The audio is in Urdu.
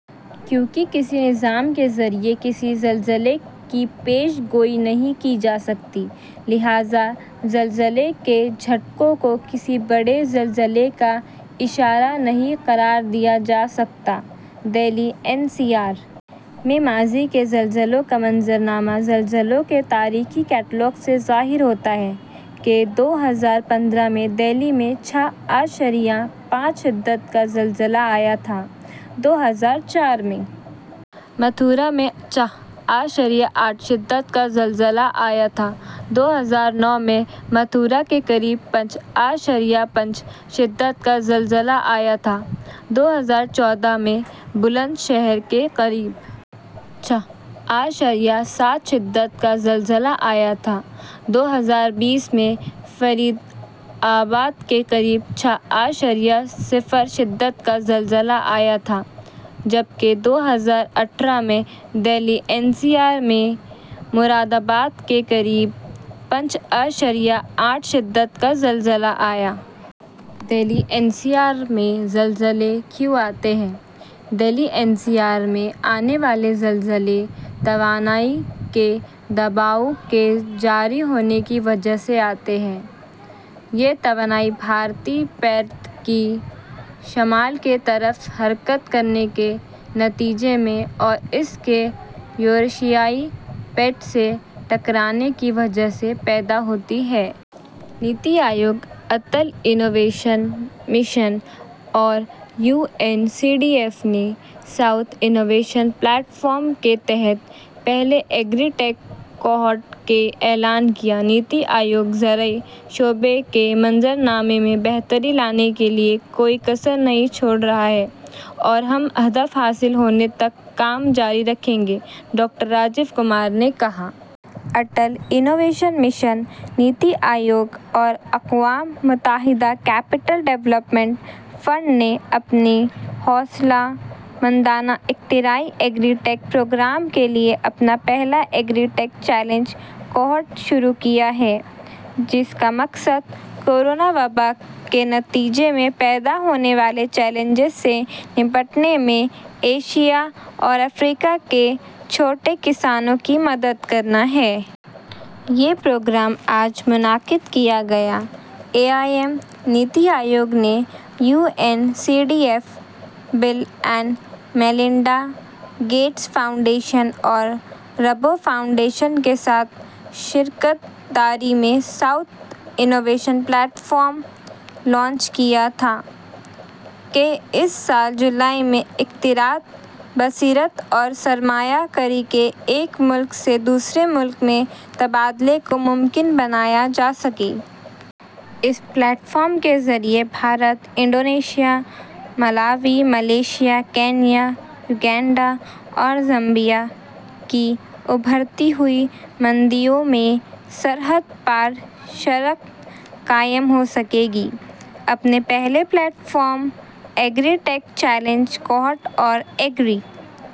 چونکہ کسی نظام کے ذریعے کسی زلزلے کی پیش گوئی نہیں کی جا سکتی، لہٰذا زلزلے کے جھٹکوں کو کسی بڑے زلزلے کا اشارہ نہیں قرار دیا جا سکتا۔ دہلی این سی آر میں ماضی کے زلزلوں کا منظرنامہ زلزلوں کے تاریخی کیٹلاگ سے ظاہر ہوتا ہے کہ دو ہزار پندرہ میں دہلی میں چھ اعشاریہ پانچ شدت کا زلزلہ آیا تھا، دو ہزار چار میں متھرا میں چھ اعشاریہ آٹھ شدت کا زلزلہ آیا تھا، دو ہزار نو میں متھرا کے قریب پانچ اعشاریہ پانچ شدت کا زلزلہ آیا تھا، دو ہزار چودہ میں بلند شہر کے قریب چھ اعشاریہ سات شدت کا زلزلہ آیا تھا، دو ہزار بیس میں فرید آباد کے قریب چھ اعشاریہ صفر شدت کا زلزلہ آیا تھا، جبکہ دو ہزار اٹھارہ میں دہلی این سی آر میں مرادآباد کے قریب پانچ اعشاریہ آٹھ شدت کا زلزلہ آیا۔ دہلی این سی آر میں زلزلے کیوں آتے ہیں؟ دہلی این سی آر میں آنے والے زلزلے توانائی کے دباؤ کے جاری ہونے کی وجہ سے آتے ہیں۔ یہ توانائی بھارتی پرت کی شمال کی طرف حرکت کرنے کے نتیجے میں اور اس کے یوریشیائی پرت سے ٹکرانے کی وجہ سے پیدا ہوتی ہے۔ نیتی آیوگ، اٹل انوویشن مشن اور U N C D F نے South South Innovation plate form کے تحت پہلے ایگری ٹیک کوہورٹ کا اعلان کیا۔ نیتی آیوگ زرعی شعبے کے منظرنامے میں بہتری لانے کے لیے کوئی کسر نہیں چھوڑ رہا ہے اور ہم ہدف حاصل ہونے تک کام جاری رکھیں گے، ڈاکٹر راجیو کمار نے کہا۔ اٹل انوویشن مشن، نیتی آیوگ اور اقوام متحدہ کیپٹل ڈیولپمنٹ فنڈ نے اپنے حوصلہ مندانہ اختراعی ایگری ٹیک پروگرام کے لیے اپنا پہلا ایگری ٹیک چیلنج کوہورٹ شروع کیا ہے، جس کا مقصد کورونا وبا کے نتیجے میں پیدا ہونے والے چیلنجوں سے نمٹنے میں ایشیا اور افریقہ کے چھوٹے کسانوں کی مدد کرنا ہے۔ یہ پروگرام آج منعقد کیا گیا۔ اے آئی ایم، نیتی آیوگ نے U N C D F, Bill and Melinda Gates Foundation اور رابو فاؤنڈیشن کے ساتھ شراکت داری میں South South Innovation Platform launch کیا تاکہ اس سال جولائی میں اختراعات، بصیرت اور سرمایہ کاری کے ایک ملک سے دوسرے ملک میں تبادلے کو ممکن بنایا جا سکے۔ اس پلیٹ فارم کے ذریعے Bharat, Indonesia, Malawi, Malaysia, Kenya, Uganda اور زامبیا کی ابھرتی ہوئی منڈیوں میں سرحد پار شراکت قائم ہو سکے گی۔ اپنے پہلے پلیٹ فارم، ایگری ٹیک چیلنج کوہورٹ اور ایگری...